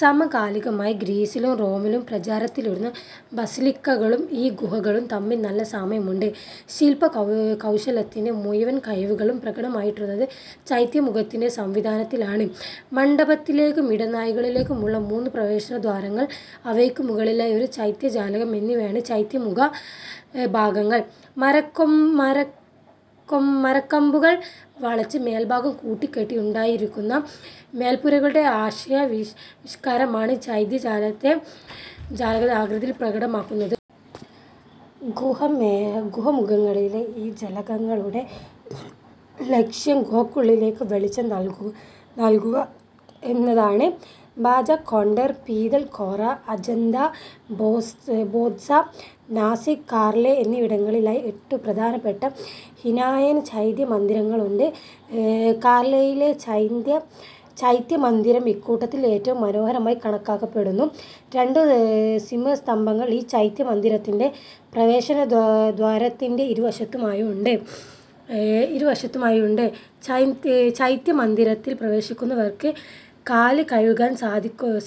സമകാലികമായി ഗ്രീസിലും റോമിലും പ്രചാരത്തിലിരുന്ന basilica കളും ഈ ഗുഹകളും തമ്മിൽ നല്ല സാമ്യമുണ്ട്. ശില്പ കൗശലത്തിന്റെ മുഴുവൻകഴിവുകളും പ്രകടമായിട്ടുള്ളത് ചൈത്യ മുഖത്തിന്റെ സംവിധാനത്തിലാണ്. മണ്ഡപത്തിലേക്കും ഇടനാഴികളിലേക്കുമുള്ള മൂന്നു പ്രവേശന ദ്വാരങ്ങൾ, അവയ്ക്കു മുകളിലായി ഒരു ചൈത്യജലകം എന്നിവയാണ് ചൈത്യമുഖ ഭാഗങ്ങൾ. മരക്കമ്പുകൾ വളച്ച് മേൽഭാഗം കൂട്ടികെട്ടി ഉണ്ടാക്കിയിരുന്ന മേൽപ്പുരകളുടെ ആശയാവിഷ്ക്കാരമാണ് ചൈത്യജാലകത്തിന്റെ ആകൃതിയിൽ പ്രകടമാകുന്നത്. ഗുഹാമുഖങ്ങളിലെ ഈ ജലകങ്ങളുടെ ലക്ഷ്യം ഗുഹക്കുള്ളിലേക്കു വെളിച്ചം നൽകുകഎന്നതാണ്. ഭാജ, കോണ്ടേൻ, പീതൽകോറ, അജന്ത, ഭേദ്സാ, നാസിക്, കാർലേ എന്നിവിടങ്ങളിലായി എട്ടു പ്രധാനപ്പെട്ട ഹീനയാന ചൈത്യമന്ദിരങ്ങളുണ്ട്. കാർലേയിലെ ചൈത്യമന്ദിരം ഇക്കൂട്ടത്തിൽ ഏറ്റവും മനോഹരമായി കണക്കാക്കപ്പെടുന്നു. രണ്ടു സിംഹ സ്തംഭങ്ങൾ ഈ ചൈത്യമന്ദിരത്തിന്റെ പ്രവേശനദ്വാരത്തിന്റെ ഇരുവശത്തുമായുണ്ട്. ചൈത്യമന്ദിരത്തിൽ പ്രവേശിക്കുന്നവർക്ക് കാൽകഴുകുവാൻ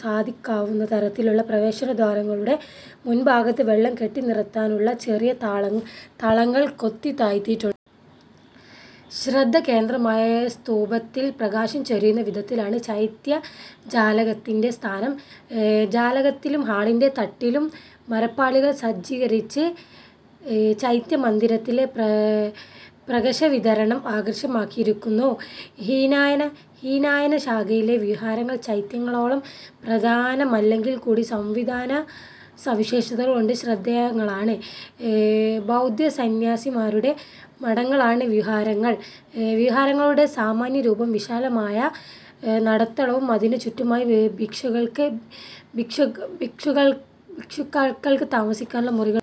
സാധിക്കവുന്നതരത്തിൽ പ്രവേശന ദ്വാരങ്ങളുടെ മുൻഭാഗത്ത് വെള്ളം കെട്ടിനിറുത്താനുള്ള ചെറിയ തളങ്ങൾ കൊത്തിതാഴ്ത്തിയിട്ടുണ്ട്. ശ്രദ്ധാകേന്ദ്രമായ സ്തൂപത്തിൽ പ്രകാശം ചൊരിയുന്ന വിധത്തിലാണ് ചൈത്യജാലകത്തിന്റെ സ്ഥാനം. ജാലകത്തിലും ഹാളിന്റെ തട്ടിലും മരപ്പാളികൾ സജ്ജീകരിച്ച് ചൈത്യമന്ദിരത്തിലെ പ്രകശവിതരണം ആകർഷകമാക്കിയിരിക്കുന്നു. ഹീനയാന ശാഖയിലെ വിഹാരങ്ങൾ ചൈത്യങ്ങളോളം പ്രധാനമല്ലെങ്കിൽകൂടി സംവിധാന സവിശേഷതകൾ കൊണ്ട് ശ്രദ്ധേയങ്ങളാണ്. ബൗദ്ധസന്യാസിമാരുടെ മഠങ്ങളാണ് വിഹാരങ്ങൾ. വിഹാരങ്ങളുടെ സാമാന്യരൂപം, വിശാലമായ നടുത്തളവും അതിനു ചുറ്റുമായി ഭിക്ഷുക്കൾക്ക് താമസത്തിനുള്ള മുറികളുമാണ്.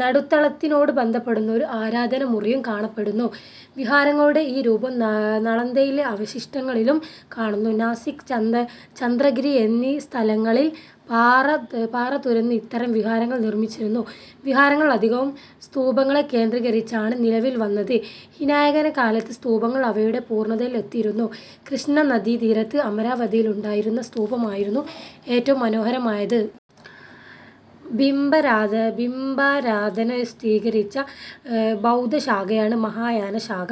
നടുത്തളത്തിനോടു ബന്ധപ്പെടുന്ന ഒരു ആരാധനാമുറിയും കാണപ്പെടുന്നു. വിഹാരങ്ങളുടെ ഈ രൂപം നളന്ദയിലെ അവശിഷ്ടങ്ങളിലും കാണുന്നു. നാസിക്, ചന്ദ്രഗിരി എന്നിസ്ഥലങ്ങളിൽ പാറ തുരന്ന് ഇത്തരം വിഹാരങ്ങൾ നിർമിച്ചിരുന്നു. വിഹാരങ്ങൾ അധികവും സ്തൂപങ്ങളെ കേന്ദ്രീകരിച്ചാണ് നിലവിൽ വന്നത്. ഹീനയാനകാലത്ത് സ്തൂപങ്ങൾ അവയുടെ പൂർണതയിൽ എത്തിയിരുന്നു. കൃഷ്ണാനദീ തീരത്ത് അമരാവതിയിലുണ്ടായിരുന്ന സ്തൂപമായിരുന്നു ഏറ്റവും മനോഹരമായത്. ബിംബാരാധന സ്വീകരിച്ച ബൗദ്ധശാഖയാണ് മഹായാന ശാഖ.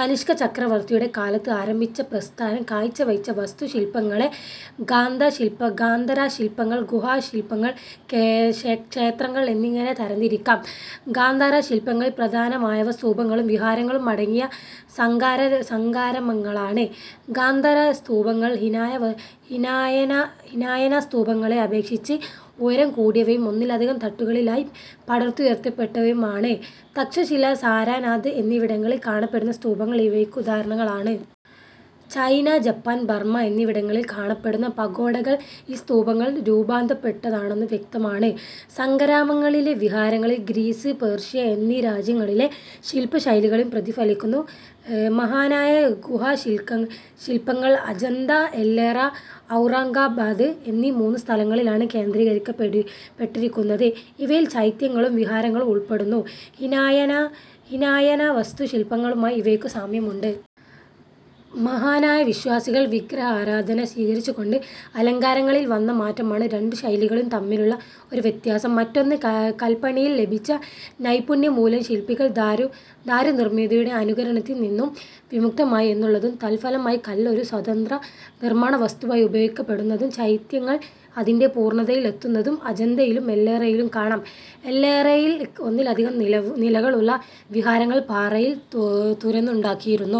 കനിഷ്ക ചക്രവർത്തിയുടെ കാലത്ത് ആരംഭിച്ച ഈ പ്രസ്ഥാനം കാഴ്ച്ചവച്ച വാസ്തുശില്പങ്ങളെ ഗാന്ധാരശില്പങ്ങൾ, ഗുഹാശില്പങ്ങൾ, ക്ഷേത്രങ്ങൾ എന്നിങ്ങനെ തരംതിരിക്കാം. ഗാന്ധാരശില്പങ്ങളിൽ പ്രധാനമായവ സ്തൂപങ്ങളും വിഹാരങ്ങളും അടങ്ങിയ സംഘാരാമങ്ങളാണ്. ഗാന്ധാരസ്തൂപങ്ങൾ ഹീനയാനസ്തൂപങ്ങളെ അപേക്ഷിച്ച് ഉയരംകൂടിയവയും ഒന്നിലധികം തട്ടുകളിലായി പടുത്തുയർത്തപ്പെട്ടവയുമാണ്. തക്ഷശില, സാരാനാഥ് എന്നിവിടങ്ങളിൽ കാണപ്പെടുന്ന സ്തൂപങ്ങൾ ഇവയ്ക്കുദാഹരണങ്ങളാണ്. ചൈന, ജപ്പാൻ, ബർമ എന്നിവിടങ്ങളിൽ കാണപ്പെടുന്ന പഗോഡകൾ ഈ സ്തൂപങ്ങൾ രൂപാന്തരപ്പെട്ടതാണെന്നു വ്യക്തമാണ്. സംഘാരാമങ്ങളിലെ വിഹാരങ്ങളിൽ ഗ്രീസ്, പേർഷ്യ എന്നീ രാജ്യങ്ങളിലെ ശില്പശൈലികളും പ്രതിഫലിക്കുന്നു. മഹായാന ഗുഹാശില്പങ്ങൾ അജന്ത, എല്ലോറ, ഔറംഗാബാദ് എന്നീ മൂന്നു സ്ഥലങ്ങളിലാണ് കേന്ദ്രീകരിക്കപ്പെട്ടിരിക്കുന്നത്. ഇവയിൽ ചൈത്യങ്ങളും വിഹാരങ്ങളും ഉൾപ്പെടുന്നു. ഹീനയാന വാസ്തുശില്പങ്ങളുമായി ഇവയ്ക്കു സാമ്യമുണ്ട്. മഹായാന വിശ്വാസികൾ വിഗ്രഹാരാധന സ്വീകരിച്ചതുകൊണ്ട് അലങ്കാരങ്ങളിൽ വന്ന മാറ്റമാണ് രണ്ടു ശൈലികളും തമ്മിലുള്ള ഒരു വ്യത്യാസം; മറ്റൊന്ന് കല്പണിയിൽ ലഭിച്ച നൈപുണ്യം മൂലം ശില്പികൾ ദാരുനിർമിതിയുടെ അനുകരണത്തിൽ നിന്നു വിമുക്തരായി എന്നുള്ളതും. തത്ഫലമായി കല്ല് ഒരു സ്വതന്ത്ര നിർമ്മാണവസ്തുവായി ഉപയോഗിക്കപ്പെടുന്നതും ചൈത്യങ്ങൾ അതിന്റെ പൂർണതയിൽ എത്തുന്നതും അജന്തയിലും എല്ലോറയിലും കാണാം. എല്ലോറയിൽ ഒന്നിലധികം നിലകളുള്ള വിഹാരങ്ങൾ പാറയിൽ തുരന്നുണ്ടാക്കിയിരുന്നു